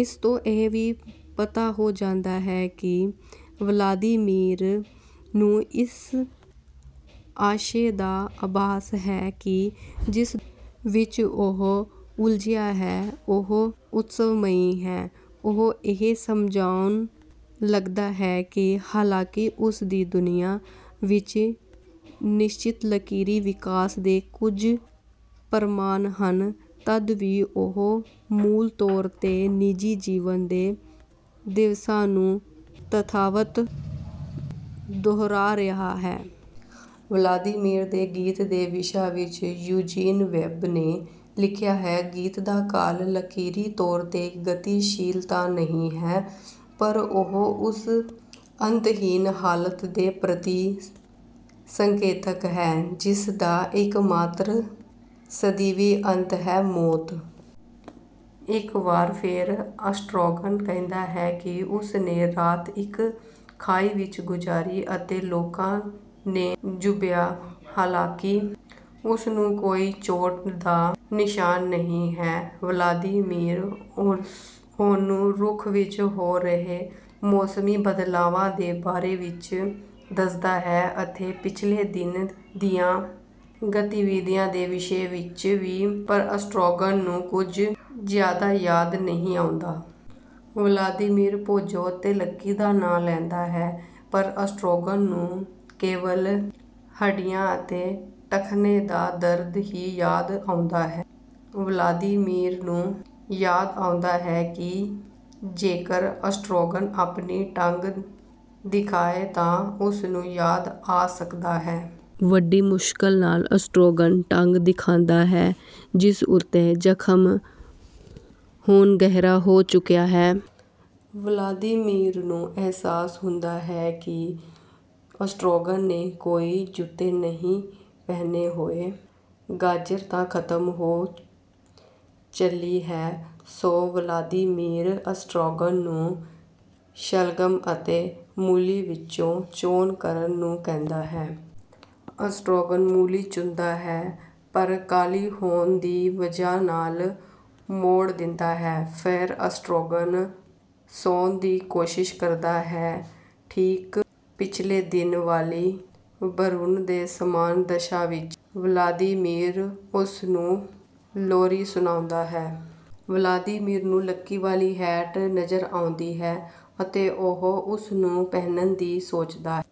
ਇਸਤੋਂ ਇਹ ਵੀ ਪਤਾ ਹੋ ਜਾਂਦਾ ਹੈ ਕਿ ਵਲਾਦੀਮੀਰ ਨੂੰ ਇਸ ਆਸ਼ੇ ਦਾ ਆਭਾਸ ਹੈ ਕਿ ਜਿਸ ਦੁਨੀਆਂ ਵਿੱਚ ਉਹ ਉਲਝਿਆ ਹੈ, ਉਹ ਉਤਸਵਮਈ ਹੈ। ਉਹ ਇਹ ਸਮਝਾਉਣ ਲੱਗਦਾ ਹੈ ਕਿ ਹਾਲਾਂਕਿ ਉਸਦੀ ਦੁਨੀਆਂ ਵਿੱਚ ਨਿਸ਼ਚਿਤ ਲਕੀਰੀ ਵਿਕਾਸ ਦੇ ਕੁੱਝ ਪ੍ਰਮਾਣ ਹਨ ਤਦ ਵੀ ਉਹ ਮੂਲ ਤੌਰ ਤੇ ਨਿਜੀ ਜੀਵਨ ਦੇ ਦਿਵਸਾਂ ਨੂੰ ਤਥਾਵਤ ਦੋਹਰਾ ਰਿਹਾ ਹੈ। ਵਲਾਦੀਮੀਰ ਦੇ ਗੀਤ ਦੇ ਵਿਸ਼ਾ ਵਿੱਚ ਯੂਜੀਨ ਵੇਬ ਨੇ ਲਿਖਿਆ ਹੈ: ਗੀਤ ਦਾ ਕਾਲ ਲਕੀਰੀ ਤੌਰ ਤੇ ਗਤੀਸ਼ੀਲ ਤਾਂ ਨਹੀਂ ਹੈ, ਪਰ ਉਹ ਉਸ ਅੰਤਹੀਨ ਹਾਲਤ ਦੇ ਪ੍ਰਤੀ ਸੰਕੇਤਕ ਹੈ ਜਿਸਦਾ ਇੱਕਮਾਤਰ ਸਦੀਵੀ ਅੰਤ ਹੈ: ਮੌਤ। ਇੱਕ ਵਾਰ ਫੇਰ ਅਸਟਰਾਗਨ ਕਹਿੰਦਾ ਹੈ ਕਿ ਉਸਨੇ ਰਾਤ ਇੱਕ ਖਾਈ ਵਿੱਚ ਗੁਜ਼ਾਰੀ ਅਤੇ ਲੋਕਾਂ ਨੇ ਝੰਬਿਆ ਹਾਲਾਂਕਿ ਉਸਨੂੰ ਕੋਈ ਚੋਟ ਦਾ ਨਿਸ਼ਾਨ ਨਹੀਂ ਹੈ। ਵਲਾਦੀਮੀਰ ਉਹਨੂੰ ਰੁੱਖ ਵਿੱਚ ਹੋ ਰਹੇ ਮੌਸਮੀ ਬਦਲਾਵਾਂ ਦੇ ਬਾਰੇ ਵਿੱਚ ਦੱਸਦਾ ਹੈ ਅਤੇ ਪਿਛਲੇ ਦਿਨ ਦੀਆਂ ਗਤੀਵਿਧੀਆਂ ਦੇ ਵਿਸ਼ੇ ਵਿੱਚ ਵੀ, ਪਰ ਅਸਟਰਾਗਨ ਨੂੰ ਕੁੱਝ ਜਿਆਦਾ ਯਾਦ ਨਹੀਂ ਆਉਂਦਾ। ਵਲਾਦੀਮੀਰ ਪੋਜੋ ਅਤੇ ਲੱਕੀ ਦਾ ਨਾਮ ਲੈਂਦਾ ਹੈ ਪਰ ਅਸਟਰਾਗਨ ਨੂੰ ਕੇਵਲ ਹੱਡੀਆਂ ਅਤੇ ਟਖਨੇ ਦਾ ਦਰਦ ਹੀ ਯਾਦ ਆਉਂਦਾ ਹੈ। ਵਲਾਦੀਮੀਰ ਨੂੰ ਯਾਦ ਆਉਂਦਾ ਹੈ ਕਿ ਜੇਕਰ ਅਸਟਰਾਗਨ ਆਪਣੀ ਟੰਗ ਦਿਖਾਏ ਤਾਂ ਉਸਨੂੰ ਯਾਦ ਆ ਸਕਦਾ ਹੈ। ਵੱਡੀ ਮੁਸ਼ਕਲ ਨਾਲ ਅਸਟਰਾਗਨ ਟੰਗ ਦਿਖਾਂਦਾ ਹੈ ਜਿਸ ਉੱਤੇ ਜਖਮ ਹੁਣ ਗਹਿਰਾ ਹੋ ਚਲਿਆ ਹੈ। ਵਲਾਦੀਮੀਰ ਨੂੰ ਅਹਿਸਾਸ ਹੁੰਦਾ ਹੈ ਕਿ ਅਸਟਰਾਗਨ ਨੇ ਕੋਈ ਜੁੱਤੇ ਨਹੀਂ ਪਹਿਨੇ ਹੋਏ। ਗਾਜਰ ਤਾਂ ਖ਼ਤਮ ਹੋ ਚੱਲੀ ਹੈ ਸੋ ਵਲਾਦੀਮੀਰ ਅਸਟਰਾਗਨ ਨੂੰ ਸ਼ਲਗਮ ਅਤੇ ਮੂਲੀ ਵਿੱਚੋਂ ਚੋਣ ਕਰਨ ਨੂੰ ਕਹਿੰਦਾ ਹੈ। ਅਸਟਰਾਗਨ ਮੂਲੀ ਚੁਣਦਾ ਹੈ ਪਰ ਕਾਲੀ ਹੋਣ ਦੀ ਵਜ੍ਹਾ ਨਾਲ ਮੋੜ ਦਿੰਦਾ ਹੈ। ਫਿਰ ਅਸਟਰਾਗਨ ਸੌਣ ਦੀ ਕੋਸ਼ਿਸ਼ ਕਰਦਾ ਹੈ ਠੀਕ ਪਿਛਲੇ ਦਿਨ ਵਾਲੀ ਭਰੂਣ ਦੇ ਸਮਾਨ ਦਸ਼ਾ ਵਿੱਚ। ਵਲਾਦੀਮੀਰ ਉਸਨੂੰ ਲੋਰੀ ਸੁਣਾਉਂਦਾ ਹੈ। ਵਲਾਦੀਮੀਰ ਨੂੰ ਲੱਕੀ ਵਾਲੀ ਹੈਟ ਨਜ਼ਰ ਆਉਂਦੀ ਹੈ ਅਤੇ ਉਹ ਉਸਨੂੰ ਪਹਿਨਣ ਦੀ ਸੋਚਦਾ ਹੈ।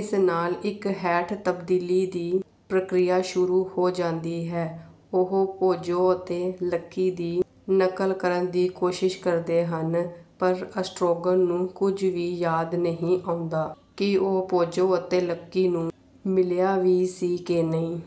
ਇਸ ਨਾਲ ਇੱਕ ਹੈਟ ਤਬਦੀਲੀ ਦੀ ਪ੍ਰਕਿਰਿਆ ਸ਼ੁਰੂ ਹੋ ਜਾਂਦੀ ਹੈ। ਉਹ ਪੋਜੋ ਅਤੇ ਲੱਕੀ ਦੀ ਨਕਲ ਕਰਨ ਦੀ ਕੋਸ਼ਿਸ਼ ਕਰਦੇ ਹਨ, ਪਰ ਅਸਟਰਾਗਨ ਨੂੰ ਕੁੱਝ ਵੀ ਯਾਦ ਨਹੀਂ ਆਉਂਦਾ ਕਿ ਉਹ ਪੋਜੋ ਅਤੇ ਲੱਕੀ ਨੂੰ ਮਿਲਿਆ ਵੀ ਸੀ ਕਿ ਨਹੀਂ।